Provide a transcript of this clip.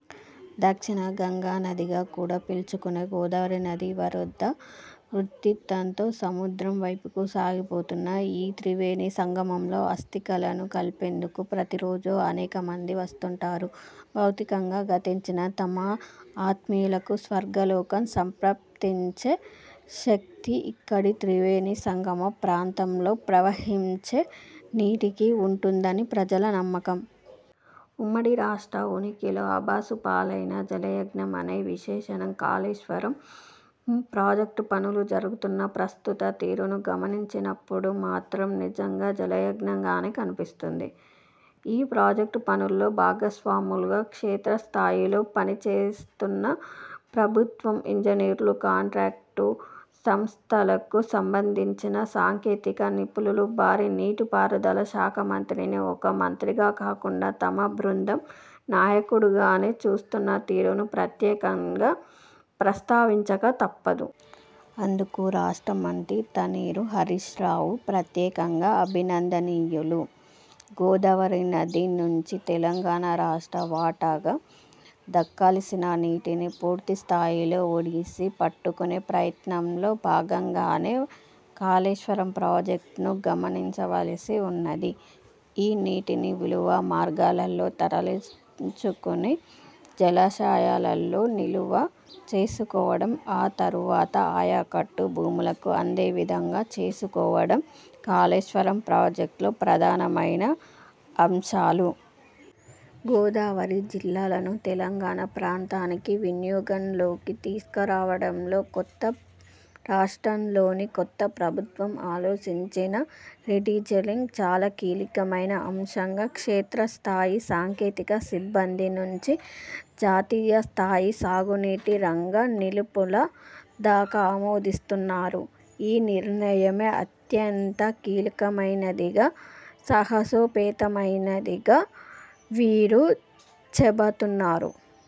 దక్షిణ గంగా నదిగా కూడా పిలుచుకునే గోదావరి నది వరద ఉధృతంతో సముద్రం వైపుకు సాగిపోతున్న ఈ త్రివేణి సంగమంలో అస్తికలను కలిపేందుకు ప్రతిరోజూ అనేకమంది వస్తుంటారు. భౌతికంగా గతించిన తమ ఆత్మీయులకు స్వర్గలోకం సంప్రప్తించే శక్తి ఇక్కడి త్రివేణి సంగమ ప్రాంతంలో ప్రవహించే నీటికి ఉంటుందని ప్రజల నమ్మకం. ఉమ్మడి రాష్ట్ర ఉనికిలో అభాసుపాలైన 'జలయజ్ఞం' అనే విశేషణం, కాళేశ్వరం ప్రాజెక్టు పనులు జరుగుతున్న ప్రస్తుత తీరును గమనించినప్పుడు మాత్రం నిజంగా జలయజ్ఞంగానే కనిపిస్తుంది. ఈ ప్రాజెక్టు పనుల్లో భాగస్వాములుగా క్షేత్రస్థాయిలో పనిచేస్తున్న ప్రభుత్వం ఇంజనీర్లు, కాంట్రాక్టు సంస్థలకు సంబంధించిన సాంకేతిక నిపుణులు భారీ నీటిపారుదల శాఖా మంత్రిని, ఒక మంత్రిగా కాకుండా తమ బృందం నాయకునిగానే చూస్తున్న తీరును ప్రత్యేకంగా ప్రస్తావించక తప్పదు. అందుకు రాష్ట్ర మంత్రి తన్నీరు హరీశ్రావు ప్రత్యేకంగా అభినందనీయులు. గోదావరి నది నుంచి తెలంగాణ రాష్ట్ర వాటాగా దక్కాల్సిన నీటిని పూర్తిస్థాయిలో ఒడిసి పట్టుకునే ప్రయత్నంలో భాగంగానే కాళేశ్వరం ప్రాజెక్టును గమనించవలసి ఉన్నది. ఈ నీటిని వీలువ మార్గాలలో తరలించుకుని జలాశయాలలో నిలువ చేసుకోవడం, ఆ తర్వాత ఆయకట్టు భూములకు అందే విధంగా చేసుకోవడం కాళేశ్వరం ప్రాజెక్టులో ప్రధానమైన అంశాలు. గోదావరి జిల్లాలను తెలంగాణ ప్రాంతానికి వినియోగంలోకి తీసుకరావడంలో కొత్త రాష్ట్రంలోని కొత్త ప్రభుత్వం ఆలోచించిన 'రీ-డిజైలింగ్' చాలా కీలకమైన అంశంగా క్షేత్రస్థాయి సాంకేతిక సిబ్బంది నుంచి జాతీయ స్థాయి సాగునీటి రంగ నిలుపుల దాకా ఆమోదిస్తున్నారు. ఈ నిర్ణయమే అత్యంత కీలకమైనదిగా, సాహసోపేతమైనదిగా వీరు చెబతున్నారు.